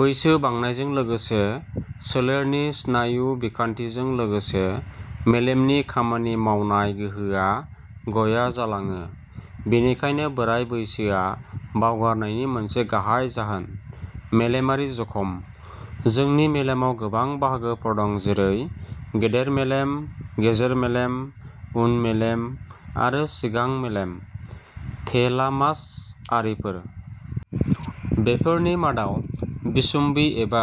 बैसो बांनायजों लोगोसे सोलेरनि स्नायु बिखान्थिजों लोगोसे मेलेमनि खामानि मावनाय गोहोआ गया जालाङो। बेनिखायनो बोराइ बैसोआ बावगारनायनि मोनसे गाहाइ जाहोन। मेलेमारि जखम: जोंनि मेलेमाव गोबां बाहागोफोर दं जरै- गेदेर मेलेम, गेजेर मेलेम, उन मेलेम आरो सिगां मेलेम, थेलामास आरिफोर। बेफोरनि मादाव बिसम्बि एबा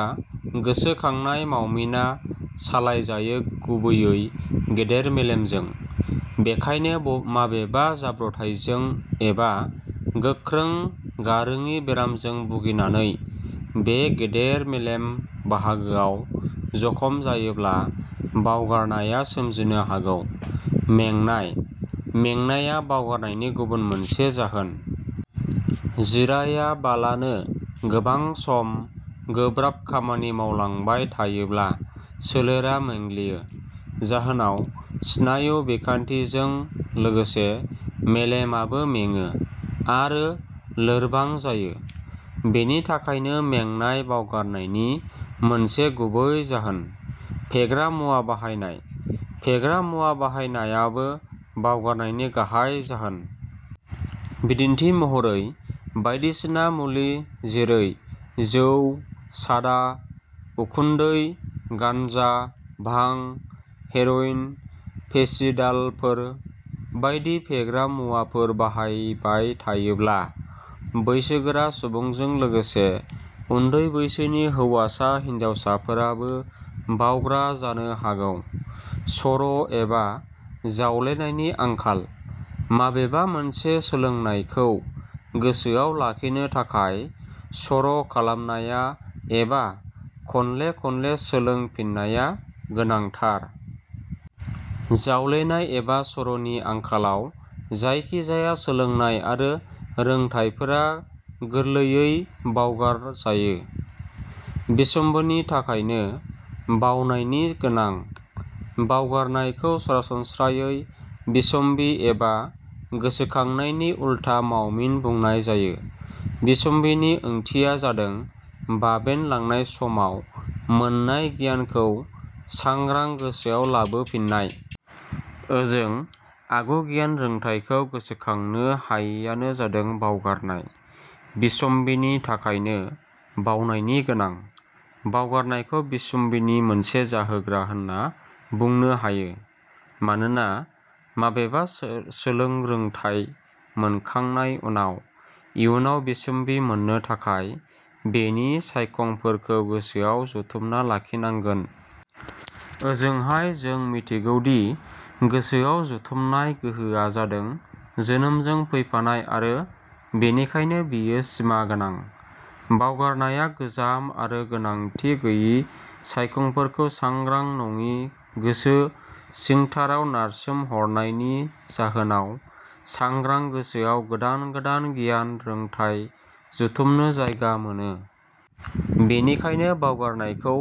गोसो खांनाय मावमिना सालायजायो गुबैयै गेदेर मेलेमजों। बेखायनो माबेबा जाब्रबथाइजों एबा गोख्रों गारोङि बेरामजों भुगिनानै बे गेदेर मेलेम बाहागोआव जखम जायोब्ला बावगारनाया सोमजिनो हागौ। मेंनाय: मेंनाया बावगारनायनि गुबुन मोनसे जाहोन। जिरायाबालानो गोबां सम गोब्राब खामानि मावलांबाय थायोब्ला सोलेरा मेंग्लियो। जाहोनाव स्नायु बिखान्थि जों लोगोसे मेलेमाबो मेङो आरो लोरबां जायो। बेनि थाखायनो मेंनाय बावगारनायनि मोनसे गुबै जाहोन। फेग्रा मुवा बाहायनाय: फेग्रा मुवा बाहायनायाबो बावगारनायनि गाहाइ जाहोन। बिदिन्थि महरै, बायदिसिना मुलै जेरै जौ, सादा, उखुन्दै, गान्जा भां, हेर'इन, फेसिदालफोर बायदि फेग्रा मुवाफोर बाहायबाय थायोब्ला बैसोगोरा सुबुंजों लोगोसे उन्दै बैसोनि हौवासा हिनजावसाफोराबो बावग्रा जानो हागौ। सर' एबा जावलेनायनि आंखाल; माबेबा मोनसे सोलोंनायखौ गोसोआव लाखिनो थाखाय सर' खालामनाया एबा खनले खनले सोलों फिननाया गोनांथार। जावलेनाय एबा सर'नि आंखालाव जायखिजाया सोलोंनाय आरो रोंथाइफोरा गोरलैयै बावगार जायो। बिसम्बिनि थाखायनो बावनायनि गोनां। बावगारनायखौ सरासनस्रायै बिसम्बि एबा गोसोखांनायनि उल्था मावमिन बुंनाय जायो। बिसम्बिनि ओंथिया जादों बाबेन लांनाय समाव मोननाय गियानखौ सांग्रां गोसोआव लाबो फिननाय। ओजों आगु गियान रोंथाइखौ गोसोखांनो हायियानो जादों बावगारनाय। बिसम्बिनि थाखायनो बावनायनि गोनां। बावगारनायखौ बिसम्बिनि मोनसे जाहोग्रा होनना बुंनो हायो। मानोना माबेबा सोलोंरोंथाइ मोनखांनाय उनाव इयुनाव बिसम्बि मोननो थाखाय बेनि सायखंफोरखौ गोसोआव जुथुमना लाखिनांगोन। ओंजोंहाय जों मिथिगौदि गोसोआव जुथुमनाय गोहोआ जादों जोनोमजों फैफानाय आरो बेनिखायनो बेयो सिमा गोनां। बावगारनाया गोजाम आरो गोनांथि गैयि सायखंफोरखौ सांग्रां नङि गोसो सिंथाराव नारसोमहरनायनि जाहोनाव सांग्रां गोसोआव गोदान गोदान गियान रोंथाइ जुथुमनो जायगा मोनो। बेनिखायनो बावगारनायखौ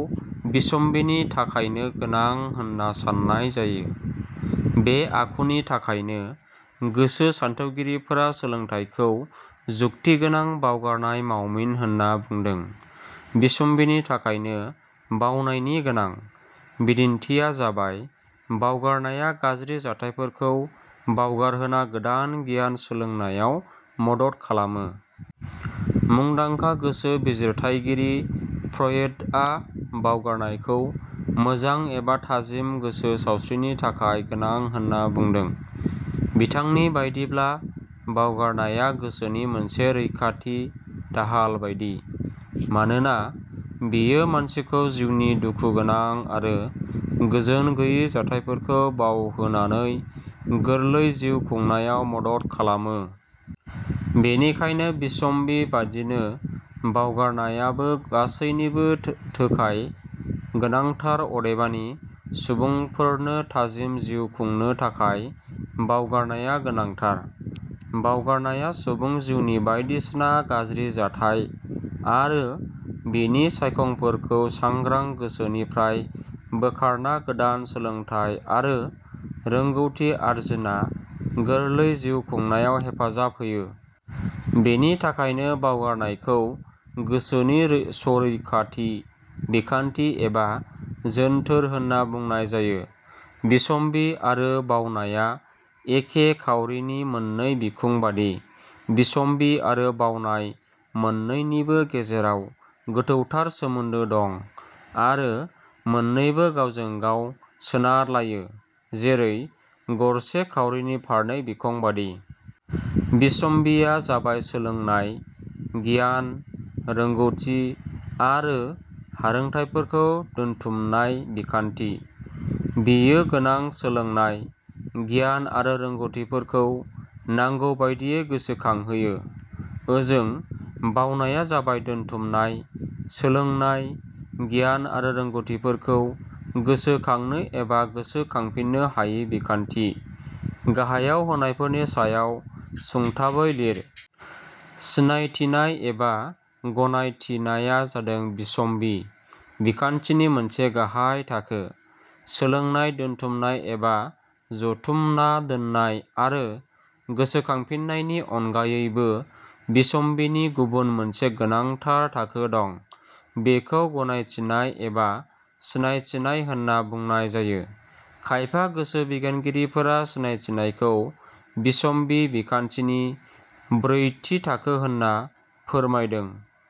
बिसम्बिनि थाखायनो गोनां होनना साननाय जायो। बे आखुनि थाखायनो गोसो सानथौगिरिफोरा सोलोंथाइखौ जुक्ति गोनां बावगारनाय मावमिन होनना बुंदों। बिसम्बनि थाखायनो बावनायनि गोनां, बिदिन्थिया जाबायः बावगारनाया गाज्रि जाथाइफोरखौ बावगारहोना गोदान गियान सोलोंनायाव मदद खालामो। मुंदांखा गोसो बिजिरथाइगिरि फ्रयेदआ बावगारनायखौ मोजां एबा थाजिम गोसो सावस्रिनि थाखाय गोनां होनना बुंदों। बिथांनि बादिब्ला बावगारनाया गोसोनि मोनसे रैखाथि दाहाल बादि। मानोना बेयो मानसिखौ जिउनि दुखुगोनां आरो गोजोन गैयि जाथाइफोरखौ बावहोनानै गोरलै जिउ खुंनायाव मदद खालामो। बेनिखायनो बिसम्बि बादिनो बावगारनायाबो गासैनिबो थोखाय गोनांथार अदेबानि सुबुंफोरनो थाजिम जिउ खुंनो थाखाय बावगारनाया गोनांथार। बावगारनाया सुबुं जिउनि बायदिसिना गाज्रि जाथाइ आरो बेनि सायखंफोरखौ सांग्रां गोसोनिफ्राय बोखारना गोदान सोलोंथाइ आरो रोंगौथि आरजिना गोरलै जिउ खुंनायाव हेफाजाब होयो। बेनि थाखायनो बावगारनायखौ गोसोनि सरैखाथि बिखान्थि एबा जोन्थोर होनना बुंनाय जायो।: बिसम्बि आरो बावनाया एखे खाउरिनि मोननै बिखुं बादिः बिसम्बि आरो बावनाय मोननैनिबो गेजेराव गोथौथार सोमोन्दो दं आरो मोननैबो गावजों गाव सोनार लायो जेरै गरसे खाउरिनि फारनै बिखं बादि। बिसम्बिया जाबाय सोलोंनाय, गियान, रोंगौथि आरो हारोंथाइफोरखौ दोनथुमनाय बिखान्थि। बेयो गोनां सोलोंनाय, गियान आरो रोंगौथिफोरखौ नांगौबादियै गोसोखांहोयो। ओजों, बावनाया जाबाय दोनथुमनाय सोलोंनाय, गियान आरो रोंगौथिफोरखौ गोसो खांनो एबा गोसो खांफिननो हायि बिखान्थि। गाहायाव होनायफोरनि सायाव सुंथाबै लिर। सिनायथिनाय एबा गनायथिनाया जादों बिसम्बि बिखान्थिनि मोनसे गाहाइ थाखो। सोलोंनाय दोनथुमनाय एबा जुथुमना दोननाय आरो गोसोखांफिननायनि अनगायैबो बिसम्बिनि गुबुन मोनसे गोनांथार थाखो दं बेखौ गनायथिनाय एबा सिनायथिनाय होनना बुंनाय जायो। खायफा गोसो बिगियानगिरिफोरा सिनायथिनायखौ बिसम्बि बिखान्थिनि ब्रैथि थाखो होनना फोरमायदों।